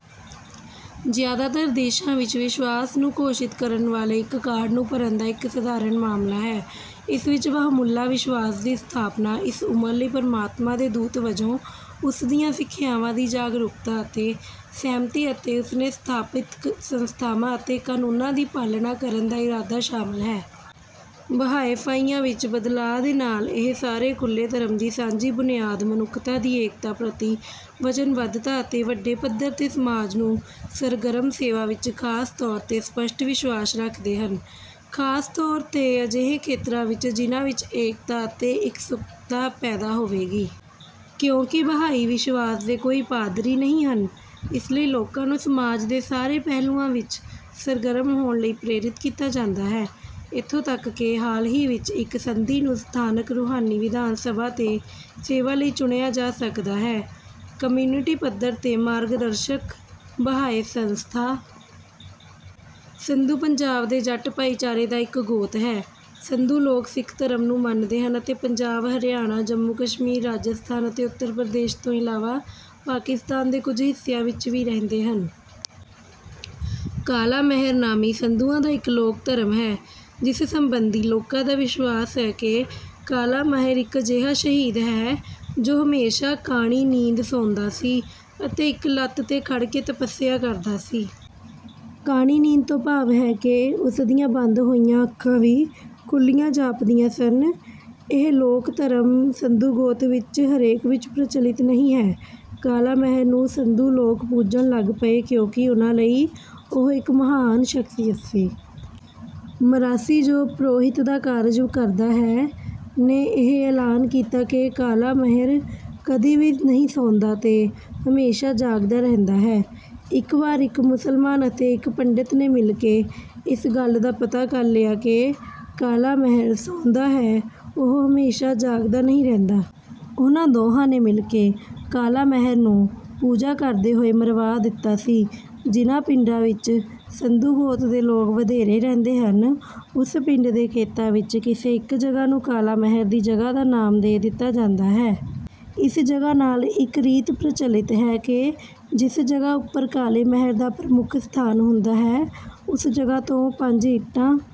ਜ਼ਿਆਦਾਤਰ ਦੇਸ਼ਾਂ ਵਿੱਚ ਵਿਸ਼ਵਾਸ ਨੂੰ ਘੋਸ਼ਿਤ ਕਰਨ ਵਾਲੇ ਇੱਕ ਕਾਰਡ ਨੂੰ ਭਰਨ ਦਾ ਇੱਕ ਸਧਾਰਨ ਮਾਮਲਾ ਹੈ। ਇਸ ਵਿੱਚ ਬਾਹਮੁੱਲਾ ਵਿਸ਼ਵਾਸ ਦੀ ਸਥਾਪਨਾ ਇਸ ਉਮਰ ਲਈ ਪਰਮਾਤਮਾ ਦੇ ਦੂਤ ਵਜੋਂ, ਉਸ ਦੀਆਂ ਸਿਖਿਆਵਾਂ ਦੀ ਜਾਗਰੂਕਤਾ ਅਤੇ ਸਹਿਮਤੀ, ਅਤੇ ਉਸ ਨੇ ਸਥਾਪਿਤ ਸੰਸਥਾਵਾਂ ਅਤੇ ਕਾਨੂੰਨਾਂ ਦੀ ਪਾਲਣਾ ਕਰਨ ਦਾ ਇਰਾਦਾ ਸ਼ਾਮਲ ਹੈ। ਬਹਾਇਫਾਈਆ ਵਿਚ ਬਦਲਾਅ ਦੇ ਨਾਲ ਇਹ ਸਾਰੇ ਖੁੱਲੇ ਧਰਮ ਦੀ ਸਾਂਝੀ ਬੁਨਿਆਦ, ਮਨੁੱਖਤਾ ਦੀ ਏਕਤਾ ਪ੍ਰਤੀ ਵਚਨਬੱਧਤਾ ਅਤੇ ਵੱਡੇ ਪੱਧਰ ਤੇ ਸਮਾਜ ਨੂੰ ਸਰਗਰਮ ਸੇਵਾ ਵਿਚ ਖ਼ਾਸ ਤੌਰ 'ਤੇ ਸਪੱਸ਼ਟ ਵਿਸ਼ਵਾਸ ਰੱਖਦੇ ਹਨ, ਖਾਸ ਤੌਰ' ਤੇ ਅਜਿਹੇ ਖੇਤਰਾਂ ਵਿਚ ਜਿਨ੍ਹਾਂ ਵਿਚ ਏਕਤਾ ਅਤੇ ਇਕਸੁਰਤਾ ਪੈਦਾ ਹੋਵੇਗੀ। ਕਿਉਂਕਿ ਬਹਾਈ ਵਿਸ਼ਵਾਸ ਦੇ ਕੋਈ ਪਾਦਰੀ ਨਹੀਂ ਹਨ, ਇਸ ਲਈ ਲੋਕਾਂ ਨੂੰ ਸਮਾਜ ਦੇ ਸਾਰੇ ਪਹਿਲੂਆਂ ਵਿਚ ਸਰਗਰਮ ਹੋਣ ਲਈ ਪ੍ਰੇਰਿਤ ਕੀਤਾ ਜਾਂਦਾ ਹੈ। ਇੱਥੋਂ ਤੱਕ ਕਿ ਹਾਲ ਹੀ ਵਿਚ ਇਕ ਸੰਧੀ ਨੂੰ ਸਥਾਨਕ ਰੂਹਾਨੀ ਵਿਧਾਨ ਸਭਾ ਤੇ ਸੇਵਾ ਲਈ ਚੁਣਿਆ ਜਾ ਸਕਦਾ ਹੈ- ਕਮਿਊਨਿਟੀ ਪੱਧਰ ਤੇ ਮਾਰਗਦਰਸ਼ਕ ਬਹਾਏ ਸੰਸਥਾ। ਸੰਧੂ ਪੰਜਾਬ ਦੇ ਜੱਟ ਭਾਈਚਾਰੇ ਦਾ ਇਕ ਗੋਤ ਹੈ। ਸੰਧੂ ਲੋਕ ਸਿੱਖ ਧਰਮ ਨੂੰ ਮੰਨਦੇ ਹਨ ਅਤੇ ਪੰਜਾਬ, ਹਰਿਆਣਾ, ਜੰਮੂ-ਕਸ਼ਮੀਰ, ਰਾਜਸਥਾਨ ਅਤੇ ਉੱਤਰ ਪ੍ਰਦੇਸ਼ ਤੋਂ ਇਲਾਵਾ ਪਾਕਿਸਤਾਨ ਦੇ ਕੁਝ ਹਿੱਸਿਆਂ ਵਿੱਚ ਵੀ ਰਹਿੰਦੇ ਹਨ। ਕਾਲਾ ਮਹਿਰ ਨਾਮੀ ਸੰਧੂਆਂ ਦਾ ਇੱਕ ਲੋਕ ਧਰਮ ਹੈ ਜਿਸ ਸਬੰਧੀ ਲੋਕਾਂ ਦਾ ਵਿਸ਼ਵਾਸ ਹੈ ਕਿ ਕਾਲਾ ਮਹਿਰ ਇੱਕ ਅਜਿਹਾ ਸ਼ਹੀਦ ਹੈ ਜੋ ਹਮੇਸ਼ਾ ਕਾਣੀ ਨੀਂਦ ਸੌਂਦਾ ਸੀ ਅਤੇ ਇੱਕ ਲੱਤ ਤੇ ਖੜ੍ਹ ਕੇ ਤੱਪਸਿਆ ਕਰਦਾ ਸੀ। ਕਾਣੀ ਨੀਂਦ ਤੋਂ ਭਾਵ ਹੈ ਕਿ ਉਸ ਦੀਆਂ ਬੰਦ ਹੋਈਆਂ ਅੱਖਾਂ ਵੀ ਖੁੱਲੀਆਂ ਜਾਪਦੀਆਂ ਸਨ। ਇਹ ਲੋਕ ਧਰਮ ਸੰਧੂ ਗੋਤ ਵਿੱਚ ਹਰੇਕ ਵਿੱਚ ਪ੍ਰਚਲਿਤ ਨਹੀਂ ਹੈ। ਕਾਲਾ ਮਹਿਰ ਨੂੰ ਸੰਧੂ ਲੋਕ ਪੁਜਣ ਲੱਗ ਪਏ ਕਿਉਂਕਿ ਉਨ੍ਹਾਂ ਲਈ ਉਹ ਇੱਕ ਮਹਾਨ ਸਖਸ਼ੀਅਤ ਸੀ। ਮਰਾਸੀ, ਜੋ ਪ੍ਰੋਹਿਤ ਦਾ ਕਾਰਜ ਕਰਦਾ ਹੈ, ਨੇ ਇਹ ਐਲਾਨ ਕੀਤਾ ਕਿ ਕਾਲਾ ਮਹਿਰ ਕਦੀ ਵੀ ਨਹੀਂ ਸੌਂਦਾ ਤੇ ਹਮੇਸ਼ਾ ਜਾਗਦਾ ਰਹਿੰਦਾ ਹੈ। ਇੱਕ ਵਾਰ ਇੱਕ ਮੁਸਲਮਾਨ ਅਤੇ ਇੱਕ ਪੰਡਿਤ ਨੇ ਮਿਲ ਕੇ ਇਸ ਗੱਲ ਦਾ ਪਤਾ ਕਰ ਲਿਆ ਕਿ "ਕਾਲਾ ਮਹਿਰ" ਸੌਂਦਾ ਹੈ ਉਹ ਹਮੇਸ਼ਾ ਜਾਗਦਾ ਨਹੀਂ ਰਹਿੰਦਾ। ਉਹਨਾਂ ਦੋਹਾਂ ਨੇ ਮਿਲ ਕੇ ਕਾਲਾ ਮਹਿਰ ਨੂੰ ਪੂਜਾ ਕਰਦੇ ਹੋਏ ਮਰਵਾ ਦਿੱਤਾ ਸੀ। ਜਿਨ੍ਹਾਂ ਪਿੰਡਾਂ ਵਿੱਚ ਸੰਧੂ ਗੋਤ ਦੇ ਲੋਕ ਵਧੇਰੇ ਰਹਿੰਦੇ ਹਨ ਉਸ ਪਿੰਡ ਦੇ ਖੇਤਾਂ ਵਿੱਚ ਕਿਸੇ ਇੱਕ ਜਗ੍ਹਾਂ ਨੂੰ "ਕਾਲਾ ਮਹਿਰ" ਦੀ ਜਗ੍ਹਾਂ ਦਾ ਨਾਮ ਦੇ ਦਿੱਤਾ ਜਾਂਦਾ ਹੈ। ਇਸ ਜਗ੍ਹਾਂ ਨਾਲ ਇੱਕ ਰੀਤ ਪ੍ਰਚਲਿਤ ਹੈ ਕਿ ਜਿਸ ਜਗ੍ਹਾਂ ਉੱਪਰ ਕਾਲੇ ਮਹਿਰ ਦਾ ਪ੍ਰਮੁੱਖ ਸਥਾਨ ਹੁੰਦਾ ਹੈ ਉਸ ਜਗ੍ਹਾਂ ਤੋਂ ਪੰਜ ਇੱਟਾਂ